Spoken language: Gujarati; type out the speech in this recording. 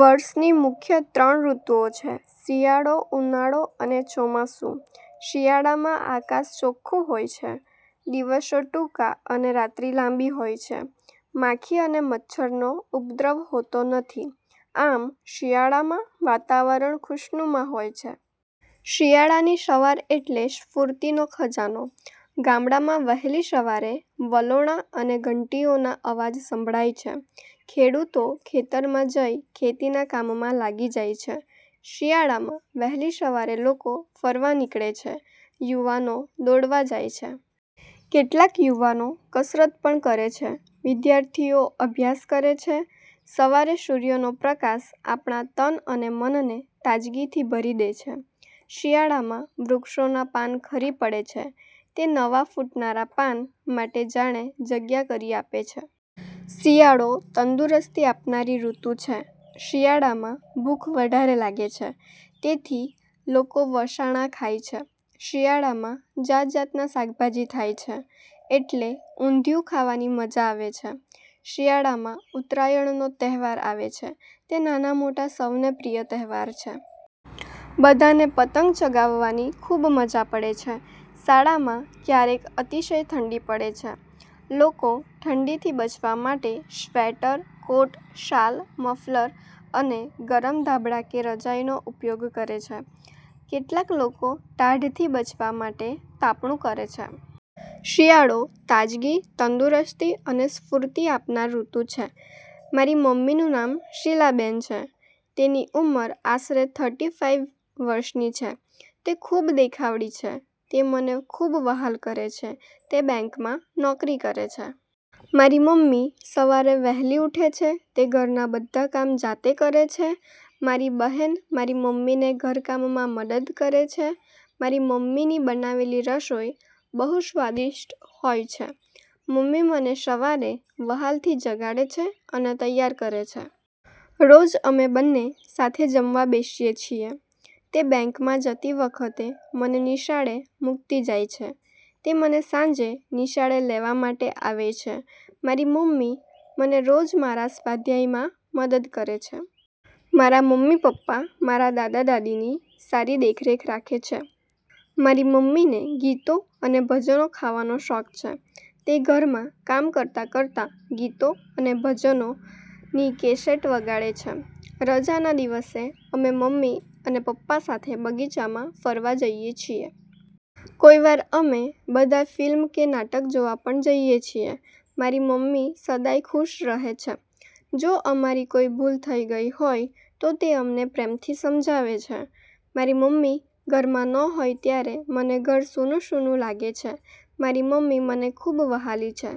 વર્ષની મુખ્ય ત્રણ ઋતુઓ છે શિયાળો ઉનાળો અને ચોમાસુ. શિયાળામાં આકાશ ચોખ્ખું હોય છે. દિવસો ટૂંકા અને રાત્રિ લાંબી હોય છે, માખી અને મચ્છરનો ઉપદ્રવ હોતો નથી. આમ, શિયાળામાં વાતાવરણ ખુશનુમા હોય છે. શિયાળાની સવાર એટલે સ્ફુર્તિનો ખજાનો. ગામડામાં વહેલી સવારે વલોણા અને ઘંટીઓના અવાજ સંભળાય છે. ખેડૂતો ખેતરમાં જઈ ખેતીના કામમાં લાગી જાય છે. શિયાળામાં વહેલી સવારે લોકો ફરવા નીકળે છે. યુવાનો દોડવા જાય છે. કેટલાક યુવાનો કસરત પણ કરે છે. વિદ્યાર્થીઓ અભ્યાસ કરે છે. સવારે સૂર્યનો પ્રકાશ આપણા તન અને મનને તાજગીથી ભરી દે છે. શિયાળામાં વૃક્ષોનાં પાન ખરી પડે છે. તે નવા ફુટનારા પાન માટે જાણે જગ્યા કરી આપે છે. શિયાળો તંદુરસ્તી આપનારી ઋતુ છે. શિયાળામાં ભૂખ વધારે લાગે છે. તેથી લોકો વસાણાં ખાય છે. શિયાળામાં જાતજાતના શાકભાજી થાય છે. એટલે ઊંધિયુ ખાવાની મજા આવે છે. શિયાળામાં ઉત્તરાયણનો તહેવાર આવે છે. તે નાના-મોટા સૌને પ્રિય તહેવાર છે. બધાને પતંગ ચગાવવાની ખૂબ મજા પડે છે. શાળામાં ક્યારેક અતિશય ઠંડી પડે છે. લોકો ઠંડીથી બચવા માટે સ્વેટર, કોટ, શાલ, મફલર અને ગરમ ધાબડા કે રજાઇનો ઉપયોગ કરે છ,. કેટલાક લોકો ટાઢથી બચવા માટે તાપણું કરે છે. શિયાળો તાજગી, તંદુરસ્તી અને સ્ફૂર્તિ આપનાર ઋતુ છે. મારી મમ્મીનું નામ શીલાબેન છે. તેની ઉંમર આશરે થર્ટી ફાઈવ વર્ષની છે. તે ખૂબ દેખાવડી છે. તે મને ખૂબ વ્હાલ કરે છે. તે બેંકમાં નોકરી કરે છે. મારી મમ્મી સવારે વહેલી ઉઠે છે. તે ઘરના બધા કામ જાતે કરે છે. મારી બહેન મારી મમ્મીને ઘરકામમાં મદદ કરે છે. મારી મમ્મી ની બનાવેલી રસોઈ બહુ સ્વાદિષ્ટ હોય છે. મમ્મી મને સવારે વહાલથી જગાડે છે અને તૈયાર કરે છે. રોજ અમે બંને સાથે જમવા બેસીએ છીએ. તે બેંકમાં જતી વખતે મને નિશાળે મૂકતી જાય છે. તે મને સાંજે નિશાળે લેવા માટે આવે છે. મારી મમ્મી મને રોજ મારા સ્વાધ્યાયમાં મદદ કરે છે. મારા મમ્મી પપ્પા, મારા દાદા-દાદી ની સારી દેખરેખ રાખે છે. મારી મમ્મીને ગીતો અને ભજનો ખાવાનો શોખ છે. તે ઘરમા કામ કરતા કરતા ગીતો અને ભજનો ની કેસેટ વગાડે છે. રજાના દિવસે અમે મમ્મી અને પપ્પા સાથે બગીચામાં ફરવા જઈએ છીએ. કોઈ વાર અમે બધા ફિલ્મ કે નાટક જોવા પણ જઈએ છીએ. મારી મમ્મી સદાય ખુશ રહે છે. જો અમારી કોઈ ભૂલ થઈ ગઈ હોય તો તે અમને પ્રેમથી સમજાવે છે. મારી મમ્મી ઘરમાં ન હોય ત્યારે મને ઘર સૂનું સૂનું લાગે છે. મારી મમ્મી મને ખૂબ વહાલી છે.